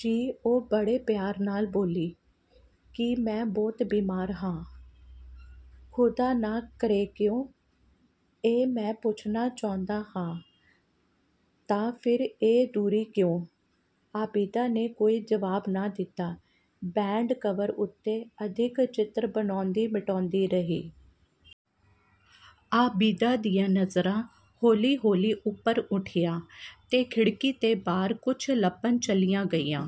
"ਜੀ?" ਉਹ ਬੜੇ ਪਿਆਰ ਨਾਲ ਬੋਲੀ। "ਕੀ ਮੈਂ ਬਹੁਤ ਬੀਮਾਰ ਹਾਂ?" "ਖ਼ੁਦਾ ਨਾ ਕਰੇਕਿਉਂ?" "ਇਹੀ ਮੈਂ ਪੁੱਛਣਾ ਚਾਹੁੰਦਾ ਹਾਂ, ਤਾਂ ਫਿਰ ਇਹ ਦੂਰੀ ਕਿਉਂ?"ਆਬਿਦਾ ਨੇ ਕੋਈ ਜਵਾਬ ਨਾ ਦਿੱਤਾ, ਬੈੱਡ-ਕਵਰ ਉੱਤੇ ਅਦਿੱਖ ਚਿੱਤਰ ਬਣਾਉਂਦੀ-ਮਿਟਾਉਂਦੀ ਰਹੀ। ਆਬਿਦਾ ਦੀਆਂ ਨਜ਼ਰਾਂ ਹੌਲੀ-ਹੌਲੀ ਉੱਪਰ ਉੱਠੀਆਂ ਤੇ ਖਿੜਕੀ ਦੇ ਬਾਹਰ ਕੁਝ ਲੱਭਣ ਚਲੀਆਂ ਗਈਆਂ।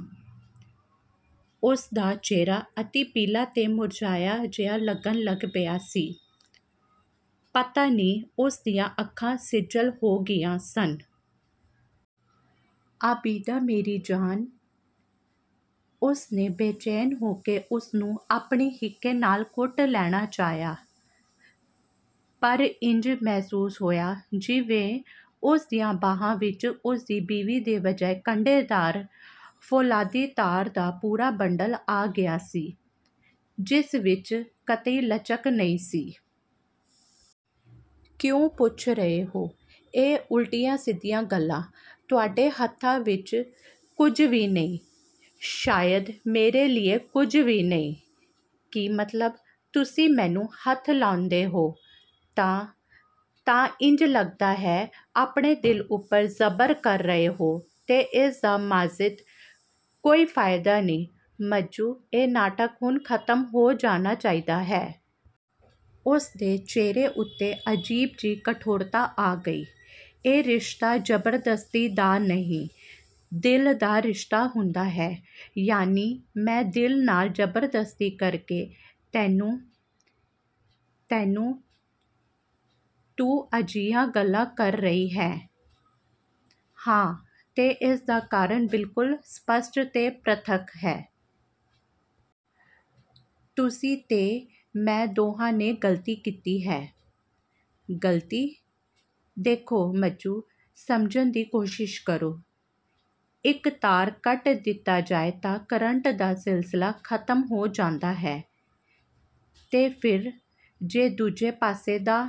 ਉਸਦਾ ਚਿਹਰਾ ਅਤਿ ਪੀਲਾ ਤੇ ਮੁਰਝਾਇਆ ਜਿਹਾ ਲੱਗਣ ਲੱਗ ਪਿਆ ਸੀ। "ਪਤਾ ਨਹੀਂ" ਉਸਦੀਆਂ ਅੱਖਾਂ ਸਿੱਜਲ ਹੋ ਗਈਆਂ ਸਨ। "ਆਬਿਦਾ ਮੇਰੀ ਜਾਨ!" ਉਸਨੇ ਬੇਚੈਨ ਹੋ ਕੇ ਉਸਨੂੰ ਆਪਣੀ ਹਿੱਕੇ ਨਾਲ ਘੁੱਟ ਲੈਣਾ ਚਾਹਿਆ, ਪਰ ਇੰਜ ਮਹਿਸੂਸ ਹੋਇਆ ਜਿਵੇਂ ਉਸਦੀਆਂ ਬਾਹਾਂ ਵਿੱਚ ਉਸਦੀ ਬੀਵੀ ਦੇ ਬਜਾਏ ਕੰਡੇਦਾਰ ਫ਼ੌਲਾਦੀ ਤਾਰ ਦਾ ਪੂਰਾ ਬੰਡਲ ਆ ਗਿਆ ਸੀ, ਜਿਸ ਵਿੱਚ ਕਤਈ ਲਚਕ ਨਹੀਂ ਸੀ। "ਕਿਉਂ ਪੁੱਛ ਰਹੇ ਹੋ ਇਹ ਉਲਟੀਆਂ-ਸਿੱਧੀਆਂ ਗੱਲਾਂ, ਤੁਹਾਡੇ ਹੱਥਾਂ ਵਿੱਚ ਕੁਝ ਵੀ ਨਹੀਂ। ਸ਼ਾਇਦ ਮੇਰੇ ਲਈ ਕੁਝ ਵੀ ਨਹੀਂ।" "ਕੀ ਮਤਲਬ?" "ਤੁਸੀਂ ਮੈਨੂੰ ਹੱਥ ਲਾਉਂਦੇ ਹੋ ਤਾਂ, ਤਾਂ ਇੰਜ ਲੱਗਦਾ ਹੈ, ਆਪਣੇ ਦਿਲ ਉੱਪਰ ਜ਼ਬਰ ਕਰ ਰਹੇ ਹੋ ਤੇ ਇਸ ਦਾ ਮਾਜਿਦ, ਕੋਈ ਫਾਇਦਾ ਨਹੀਂ ਮੱਜੂ, ਇਹ ਨਾਟਕ ਹੁਣ ਖਤਮ ਹੋ ਜਾਣਾ ਚਾਹੀਦਾ ਹੈ।" ਉਸਦੇ ਚਿਹਰੇ ਉੱਤੇ ਅਜੀਬ ਜਿਹੀ ਕਠੋਰਤਾ ਆ ਗਈ, "ਇਹ ਰਿਸ਼ਤਾ ਜ਼ਬਰਦਸਤੀ ਦਾ ਨਹੀਂ, ਦਿਲ ਦਾ ਰਿਸ਼ਤਾ ਹੁੰਦਾ ਹੈ।" "ਯਾਨੀ ਮੈਂ ਦਿਲ ਨਾਲ ਜ਼ਬਰਦਸਤੀ ਕਰਕੇ ਤੈਨੂੰ! ਤੈਨੂੰ? ਤੂੰ ਅਜਿਹੀਆਂ ਗੱਲਾਂ ਕਰ ਰਹੀ ਹੈਂ।" "ਹਾਂ ਤੇ ਇਸ ਦਾ ਕਾਰਨ ਬਿਲਕੁਲ ਸਪਸ਼ਟ ਤੇ ਪ੍ਰਤੱਖ ਹੈ। ਤੁਸੀਂ ਤੇ ਮੈਂ ਦੋਹਾਂ ਨੇ ਗ਼ਲਤੀ ਕੀਤੀ ਹੈ।" "ਗ਼ਲਤੀ?" "ਦੇਖੋ ਮੱਜੂ, ਸਮਝਣ ਦੀ ਕੋਸ਼ਿਸ਼ ਕਰੋ, ਇੱਕ ਤਾਰ ਕੱਟ ਦਿੱਤਾ ਜਾਏ ਤਾਂ ਕਰੰਟ ਦਾ ਸਿਲਸਿਲਾ ਖ਼ਤਮ ਹੋ ਜਾਂਦਾ ਹੈ, ਤੇ ਫਿਰ ਜੇ, ਦੂਜੇ ਪਾਸੇ ਦਾ"